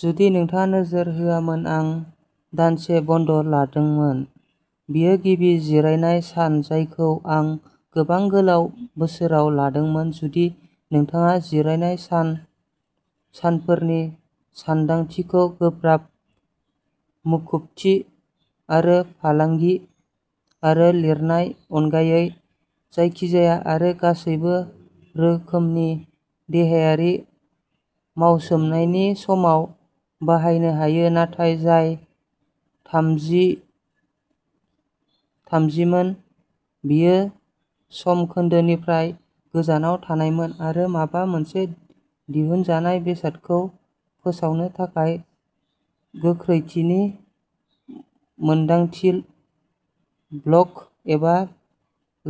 जुदि नोंथाङा नोजोर होआमोन आं दानसे बन्द लादोंमोन। बेयो गिबि जिरायनाय सान जायखौ आं गोबां गोलाव बोसोराव लादोंमोन जुदि नोंथाङा जिरायनाय सान सानफोरनि सानदांथिखौ गोब्राब मुखुबथि आरो फालांगि आरो लिरनाय अनगायै जायखिजाया आरो गासैबो रोखोमनि देहायारि मावसोमनायनि समाव बाहायनो हायो नाथाय जाय थामजि थामजिमोन बेयो समखोन्दोनिफ्राय गोजानाव थानायमोन आरो माबा मोनसे दिहुनजानाय बेसादखौ फोसावनो थाखाय गोख्रैथिनि मोनदांथि ब्लग एबा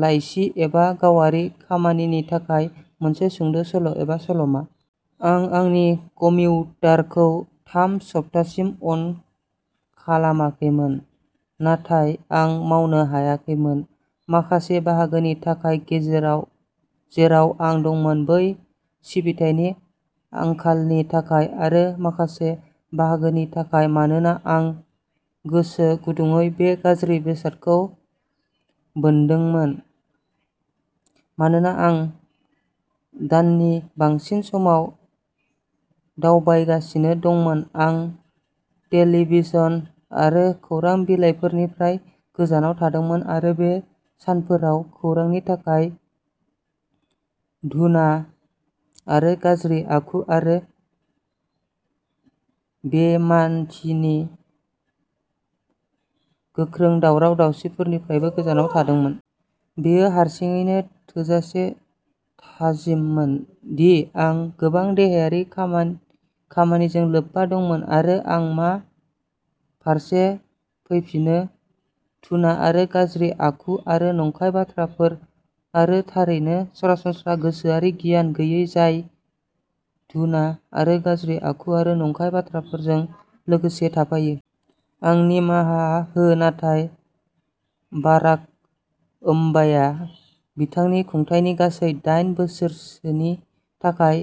लाइसि एबा गावारि खामानिनि थाखाय मोनसे सुंद'सल' एबा सल'मा। आं आंनि कमियुटारखौ थाम सप्तासिम अन खालामाखैमोन नाथाय आं मावनो हायाखैमोन माखासे बाहागोनि थाखाय गेजेराव जेराव आं दंमोन बै सिबिथायनि आंखालनि थाखाय, आरो माखासे बाहागोनि थाखाय मानोना आं गोसोगुदुंयै बे गाज्रि बेसादखौ बोनदोंमोन। मानोना आं दाननि बांसिन समाव दावबायगासिनो दंमोन, आं टेलिभिजन आरो खौरां बिलाइफोरनिफ्राय गोजानाव थादोंमोन आरो बे सानफोराव खौरांनि थाखाय घूणा आरो गाज्रि आखु आरो बेइमानथिनि गोख्रों दावराव दावसिफोरनिफ्रायबो गोजानाव थादोंमोन। बेयो हारसिङैनो थोजासे थाजिममोन दि आं गोबां देहायारि खामानि खामानिजों लोब्बा दंमोन आरो आं मा फारसे फैफिनो घूणा आरो गाज्रि आखु आरो नंखाय बाथ्राफोर आरो थारैनो सरासनस्रा गोसोआरि गियान गैयै जाय घूणा आरो गाज्रि आखु आरो नंखाय बाथ्राफोरजों लोगोसे थाफायो। आं निमाहा हो नाथाय बाराक ओमबाया बिथांनि खुंथायनि गासै दाइन बोसोरसोनि थाखाय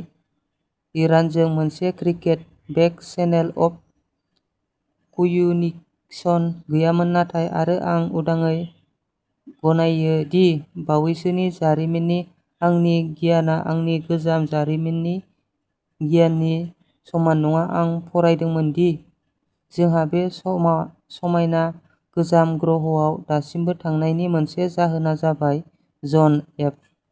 इरानजों मोनसे secret back channel of communication गैयामोन नाथाय आरो आं उदाङै गनायो दि बावैसोनि जारिमिननि आंनि गियानआ आंनि गोजाम जारिमिननि गियाननि समान नङा आं फरायदोंमोन दि जोंहा बे समा समायना गोजाम ग्रहआव दासिमबो थानायनि मोनसे जाहोना जाबाय जन एफ.